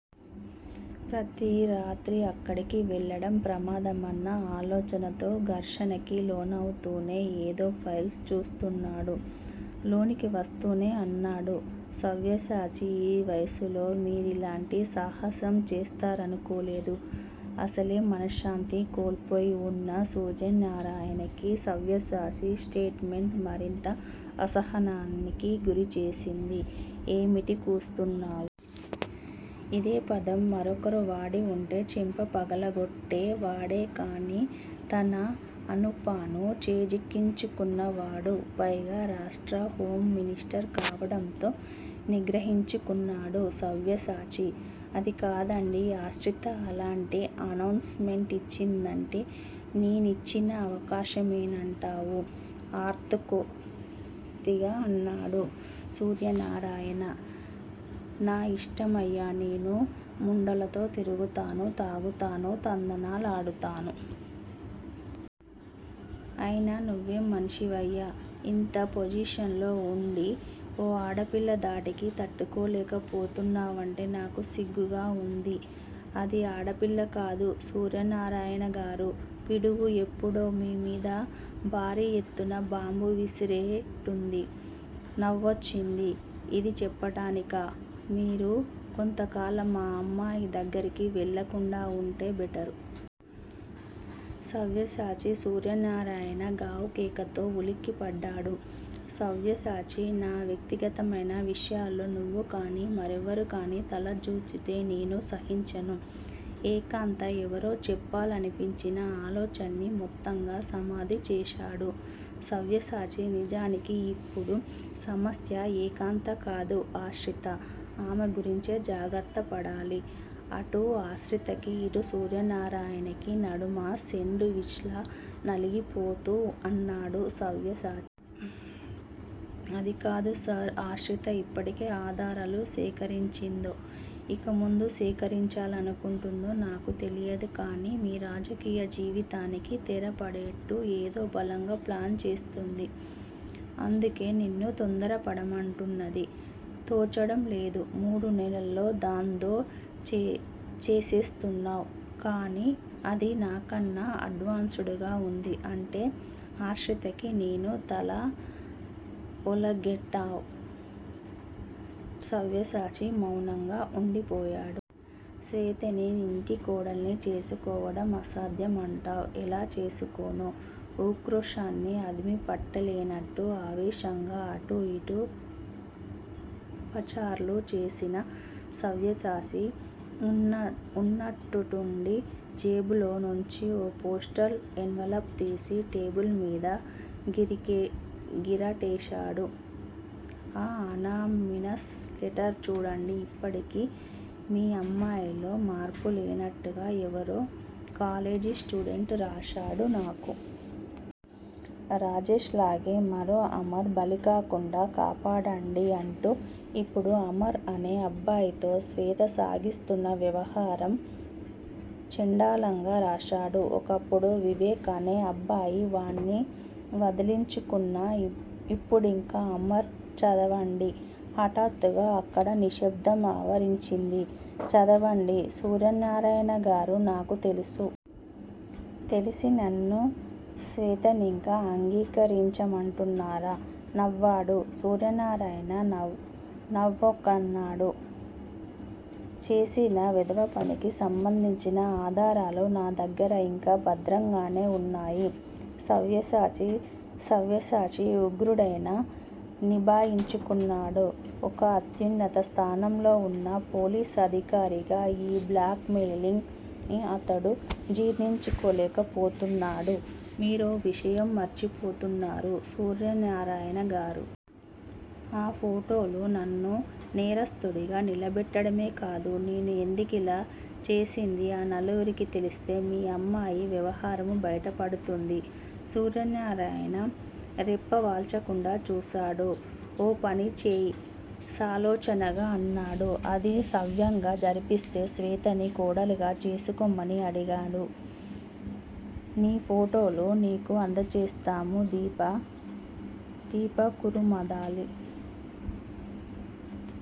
ప్రతి రాత్రీ అక్కడికి వెళ్ళడం ప్రమాదమన్న ఆలోచనతో సంఘర్షణకి లోనవుతూనే ఏదో ఫైల్స్ చూస్తున్నాడు. లోనికి వస్తూనే అన్నాడు సవ్యసాచి ఈ వయసులో మీరిలాంటి సాహసం చేస్తారనుకోలేదు. అసలే మనశ్శాంతిని కోల్పోయి వున్న సూర్నారాయణకి సవ్యసాచి స్టేట్ మెంట్ మరింత అసహనానికి గురిచేసింది. ఏమిటి కూస్తున్నావు? ఇదే పదం మరొకరు వాడి వుంటే చెంప పగలగొట్టేవాడే కాని తన అనూపానూ చేజిక్కించుకున్న వాడు, పైగా రాష్ట్ర హోం మినిస్టర్ కావడంతో నిగ్రహించుకున్నాడు సవ్యసాచి. అది కాదండీ ఆశ్రిత అలాంటి అనౌన్స్ మెంటిచ్చిందంటే నేనిచ్చిన అవకాశమేనంటావు అర్దోక్తిగా అన్నాడు సూర్నారాయణ. నా యిష్టమయ్యా నేను ముండలతో తిరుగుతాను, తాగుతాను, తందనాలాడతాను. అయినా నువ్వేం మనిషివయ్యా! ఇంత పొజిషన్ లో వుండి ఓ ఆడపిల్లధాటికి తట్టుకోలేకపోతున్నావంటే నాకు సిగ్గుగా వుంది అది ఆడపిల్ల కాదు సూర్నారాయణగారూ! పిడుగు ఎప్పుడో మీ మీద భారీ యెత్తున బాంబు విసిరేట్టుంది. నవ్వొచ్చింది యిది చెప్పటానికా? మీరు కొంతకాలం ఆ అమ్మాయి దగ్గరకు వెళ్ళకుండా వుంటే బెటరు. సవ్యసాచీ! సూర్నారాయణ గావుకేకతో ఉలిక్కిపడ్డాడు సవ్యసాచి. నా వ్యక్తిగతమైన విషయాలలో నువ్వుగాని, మరెవ్వరుగానీ తలదూర్చితే నేను సహించను. ఏకాంత ఎవరో చెప్పాలనిపించిన ఆలోచన్ని మొత్తంగా సమాధిచేశాడు సవ్యసాచి. నిజానికి ఇప్పుడు సమస్య ఏకాంతకాదు ఆశ్రిత. ఆమె గురించే జాగ్రత్తపడాలి. అటు ఆశ్రితకీ, ఇటు సూర్నారాయణకీ నడుమ సేండ్ విచ్ లా నలిగిపోతూ అన్నాడు సవ్యసాచి. అదికాదు సర్! ఆశ్రిత ఇప్పటికే ఆధారాలు సేకరించిందో, ఇక ముందు సేకరించాలనుకుంటుందో నాకు తెలీదు కాని మీ రాజకీయ జీవితానికి తెరపడేట్టు ఏదో బలంగా ప్లాన్ చేస్తుంది. అందుకే నిన్ను తొందరపడమంటున్నది. తోచడం లేదు. మూడు నెలల్లో దాంతో చేచేసేస్తానన్నావ్? కాని అది నాకన్నా అడ్వాన్స్ డ్ గా వుంది అంటే ఆశ్రితకి నేను తల ఒగ్గాలంటావ్ సవ్యసాచి మౌనంగా వుండిపోయాడు. శ్వేతని నీ ఇంటి కోడల్ని చేసుకోవడం అసాధ్యమంటావ్? ఎలా చేసుకోను? ఉక్రోషాన్ని అదిమిపెట్టలేనట్టు ఆవేశంగా అటూ యిటూ పచార్లు చేసిన సవ్యసాచి వున్నవున్నట్టుండీ జేబులో నుంచి ఓ పోస్టల్ ఎన్వలప్ తీసి టేబుల్ మీద గిరిటెగిరాటేశాడు. ఆ అనామీనస్ లెటర్ చూడండి. ఇప్పటికీ మీ అమ్మాయిలో మార్పు లేనట్టుగా ఎవరో కాలేజీస్టూడెంట్ రాశాడు నాకు. రాజేష్ లాగే మరో 'అమర్' బలికాకుండా కాపాడండీ అంటూ ఇప్పుడు అమర్ అనే అబ్బాయితో శ్వేత సాగిస్తున్న వ్యవహారం చెండాలంగా రాశాడు. ఒకప్పుడు వివేక్ అనే అబ్బాయి వాడ్ని వదిలించుకున్నాం. ఇప్పుడింక అమర్ చదవండి. హఠాత్తుగా అక్కడ నిశ్శబ్దం ఆవరించింది. చదవండి సూర్నారాయణగారూ! నాకు తెలుసు. తెలిసీ నన్ను శ్వేతనింకా అంగీకరించమంటున్నారా? నవ్వాడు సూర్నారాయణ నవ్వనవ్వొకనాడు చేసిన వెధవ పనికి సంబంధించిన ఆధారాలు నా దగ్గర ఇంకా భద్రంగానే వున్నాయి సవ్యసాచీ! సవ్యసాచి ఉగ్రుడైనా నిభాయించుకున్నాడు. ఒక అత్యున్నత స్థానంలో వున్న పోలీస్ అధికారిగా ఈ బ్లాక్ మెయిలింగ్ ని అతడు జీర్ణించుకోలేకపోతున్నాడు మీరో విషయం మరిచిపోతున్నారు సూర్నారాయణ గారూ! ఆ ఫోటోలు నన్ను నేరస్థుడిగా నిలబెట్టడమే కాదు, నేను ఎందుకలా చేసిందీ నలుగురికీ తెలిస్తే మీ అమ్మాయి వ్యవహారమూ బయట పడుతుంది సూర్నారాయణ రెప్పవాల్చకుండా చూశాడు. ఓ పని చెయ్ సాలోచనగా అన్నాడు. అది సవ్యంగా జరిపిస్తే శ్వేతని కోడలుగా చేసుకోమని అడగను. నీ ఫోటోలు నీకు అందజేస్తాను. దీప దీప కురుమద్దాలి